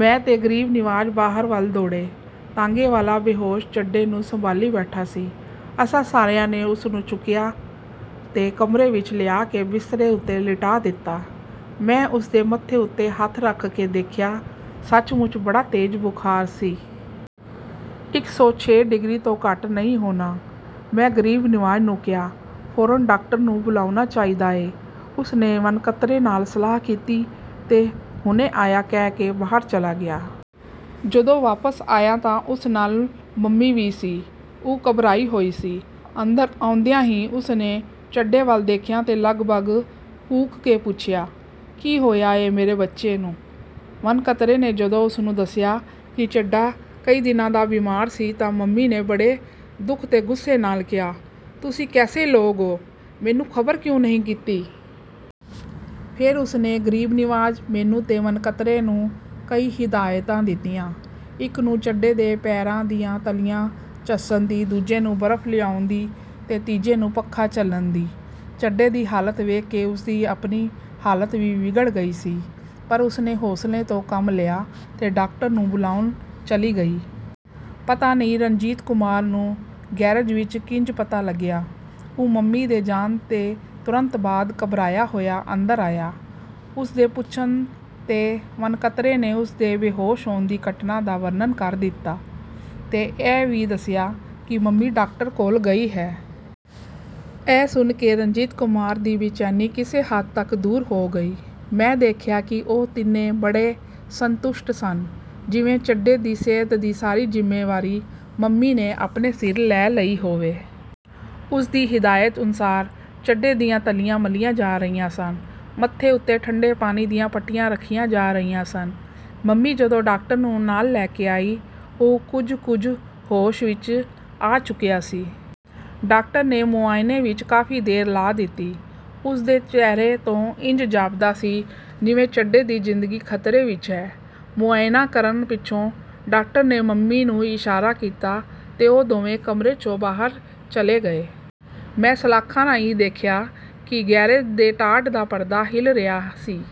ਮੈਂ ਤੇ ਗਰੀਬ ਨਿਵਾਜ ਬਾਹਰ ਵੱਲ ਦੌੜੇ। ਤਾਂਗੇ ਵਾਲਾ ਬੇਹੋਸ਼ ਚੱਡੇ ਨੂੰ ਸੰਭਾਲੀ ਬੈਠਾ ਸੀ। ਅਸਾਂ ਸਾਰਿਆਂ ਨੇ ਉਸਨੂੰ ਚੁੱਕਿਆ ਤੇ ਕਮਰੇ ਵਿਚ ਲਿਆ ਕੇ ਬਿਸਤਰੇ ਉੱਤੇ ਲਿਟਾਅ ਦਿੱਤਾ। ਮੈਂ ਉਸਦੇ ਮੱਥੇ ਉੱਤੇ ਹੱਥ ਰੱਖ ਕੇ ਦੇਖਿਆ, ਸੱਚਮੁੱਚ ਬੜਾ ਤੇਜ਼ ਬੁਖ਼ਾਰ ਸੀ। ਇਕ ਸੌ ਛੇ ਡਿਗਰੀ ਤੋਂ ਘੱਟ ਨਹੀਂ ਹੋਣਾ। ਮੈਂ ਗਰੀਬ ਨਿਵਾਜ ਨੂੰ ਕਿਹਾ, "ਫੌਰਨ ਡਾਕਟਰ ਨੂੰ ਬੁਲਾਉਣਾ ਚਾਹੀਦਾ ਏ। " ਉਸਨੇ ਵਣਕਤਰੇ ਨਾਲ ਸਲਾਹ ਕੀਤੀ ਤੇ 'ਹੁਣੇ ਆਇਆ' ਕਹਿ ਕੇ ਬਾਹਰ ਚਲਾ ਗਿਆ। ਜਦੋਂ ਵਾਪਸ ਆਇਆ ਤਾਂ ਉਸ ਨਾਲ ਮੰਮੀ ਵੀ ਸੀ। ਉਹ ਘਬਰਾਈ ਹੋਈ ਸੀ। ਅੰਦਰ ਆਉਂਦਿਆਂ ਹੀ ਉਸਨੇ ਚੱਡੇ ਵੱਲ ਦੇਖਿਆ ਤੇ ਲਗਭਗ ਕੂਕ ਕੇ ਪੁੱਛਿਆ, "ਕੀ ਹੋਇਆ ਏ, ਮੇਰੇ ਬੱਚੇ ਨੂੰ? " ਵਣਕਤਰੇ ਨੇ ਜਦੋਂ ਉਸਨੂੰ ਦੱਸਿਆ ਕਿ ਚੱਡਾ ਕਈ ਦਿਨਾਂ ਦਾ ਬਿਮਾਰ ਸੀ ਤਾਂ ਮੰਮੀ ਨੇ ਬੜੇ ਦੁੱਖ ਤੇ ਗੁੱਸੇ ਨਾਲ ਕਿਹਾ, "ਤੁਸੀਂ ਕੈਸੇ ਲੋਗ ਓ—ਮੈਨੂੰ ਖ਼ਬਰ ਕਿਉਂ ਨਹੀਂ ਕੀਤੀ? " ਫੇਰ ਉਸਨੇ ਗਰੀਬ ਨਿਵਾਜ਼, ਮੈਨੂੰ ਤੇ ਵਣਕਤਰੇ ਨੂੰ ਕਈ ਹਦਾਇਤਾਂ ਦਿੱਤੀਆਂ। ਇਕ ਨੂੰ ਚੱਡੇ ਦੇ ਪੈਰਾਂ ਦੀਆਂ ਤਲੀਆਂ ਝੱਸਣ ਦੀ, ਦੂਜੇ ਨੂੰ ਬਰਫ ਲਿਆਉਣ ਦੀ ਤੇ ਤੀਜੇ ਨੂੰ ਪੱਖਾ ਝੱਲਣ ਦੀ। ਚੱਡੇ ਦੀ ਹਾਲਤ ਵੇਖ ਕੇ ਉਸਦੀ ਆਪਣੀ ਹਾਲਤ ਵੀ ਵਿਗੜ ਗਈ ਸੀ, ਪਰ ਉਸਨੇ ਹੌਸਲੇ ਤੋਂ ਕੰਮ ਲਿਆ ਤੇ ਡਾਕਟਰ ਨੂੰ ਬੁਲਾਉਣ ਚਲੀ ਗਈ। ਪਤਾ ਨਹੀਂ ਰਣਜੀਤ ਕੁਮਾਰ ਨੂੰ ਗੈਰੇਜ ਵਿਚ ਕਿੰਜ ਪਤਾ ਲੱਗਿਆ। ਉਹ ਮੰਮੀ ਦੇ ਜਾਣ ਦੇ ਤੁਰੰਤ ਬਾਅਦ ਘਬਰਾਇਆ ਹੋਇਆ ਅੰਦਰ ਆਇਆ। ਉਸਦੇ ਪੁੱਛਣ 'ਤੇ ਵਣਕਤਰੇ ਨੇ ਉਸਦੇ ਬੇਹੋਸ਼ ਹੋਣ ਦੀ ਘਟਨਾ ਦਾ ਵਰਨਣ ਕਰ ਦਿੱਤਾ ਤੇ ਇਹ ਵੀ ਦੱਸਿਆ ਕਿ ਮੰਮੀ ਡਾਕਟਰ ਕੋਲ ਗਈ ਹੈ। ਇਹ ਸੁਣ ਕੇ ਰਣਜੀਤ ਕੁਮਾਰ ਦੀ ਬੇਚੈਨੀ ਕਿਸੇ ਹੱਦ ਤਕ ਦੂਰ ਹੋ ਗਈ। ਮੈਂ ਦੇਖਿਆ ਕਿ ਉਹ ਤਿੰਨੇ ਬੜੇ ਸੰਤੁਸ਼ਟ ਸਨ, ਜਿਵੇਂ ਚੱਡੇ ਦੀ ਸਿਹਤ ਦੀ ਸਾਰੀ ਜ਼ਿੰਮੇਵਾਰੀ ਮੰਮੀ ਨੇ ਆਪਣੇ ਸਿਰ ਲੈ ਲਈ ਹੋਵੇ। ਉਸਦੀ ਹਦਾਇਤ ਅਨੁਸਾਰ ਚੱਡੇ ਦੀਆਂ ਤਲੀਆਂ ਮਲੀਆਂ ਜਾ ਰਹੀਆਂ ਸਨ, ਮੱਥੇ ਉੱਤੇ ਠੰਡੇ ਪਾਣੀ ਦੀਆਂ ਪੱਟੀਆਂ ਰੱਖੀਆਂ ਜਾ ਰਹੀਆਂ ਸਨ। ਮੰਮੀ ਜਦੋਂ ਡਾਕਟਰ ਨੂੰ ਨਾਲ ਲੈ ਕੇ ਆਈ, ਉਹ, ਕੁਝ ਕੁਝ ਹੋਸ਼ ਵਿਚ ਆ ਚੁੱਕਿਆ ਸੀ। ਡਾਕਟਰ ਨੇ ਮੁਆਨੇ ਵਿਚ ਕਾਫੀ ਦੇਰ ਲਾ ਦਿੱਤੀ। ਉਸਦੇ ਚਿਹਰੇ ਤੋਂ ਇੰਜ ਜਾਪਦਾ ਸੀ ਜਿਵੇਂ ਚੱਡੇ ਦੀ ਜ਼ਿੰਦਗੀ ਖਤਰੇ ਵਿਚ ਹੈ। ਮੁਆਇਨਾਂ ਕਰਨ ਪਿੱਛੋਂ ਡਾਕਟਰ ਨੇ ਮੰਮੀ ਨੂੰ ਇਸ਼ਾਰਾ ਕੀਤਾ ਤੇ ਉਹ ਦੋਵੇਂ ਕਮਰੇ 'ਚੋਂ ਬਾਹਰ ਚਲੇ ਗਏ। ਮੈਂ ਸਲਾਖਾਂ ਰਾਹੀਂ ਦੇਖਿਆ ਕਿ ਗੈਰੇਜ ਦੇ ਟਾਟ ਦਾ ਪਰਦਾ ਹਿੱਲ ਰਿਹਾ ਸੀ।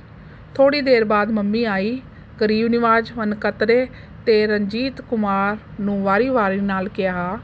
ਥੋੜ੍ਹੀ ਦੇਰ ਬਾਅਦ ਮੰਮੀ ਆਈ। ਗਰੀਬ ਨਿਵਾਜ਼, ਵਣਕਤਰੇ ਤੇ ਰਣਜੀਤ ਕੁਮਾਰ ਨੂੰ ਵਾਰੀ-ਵਾਰੀ ਨਾਲ ਕਿਹਾ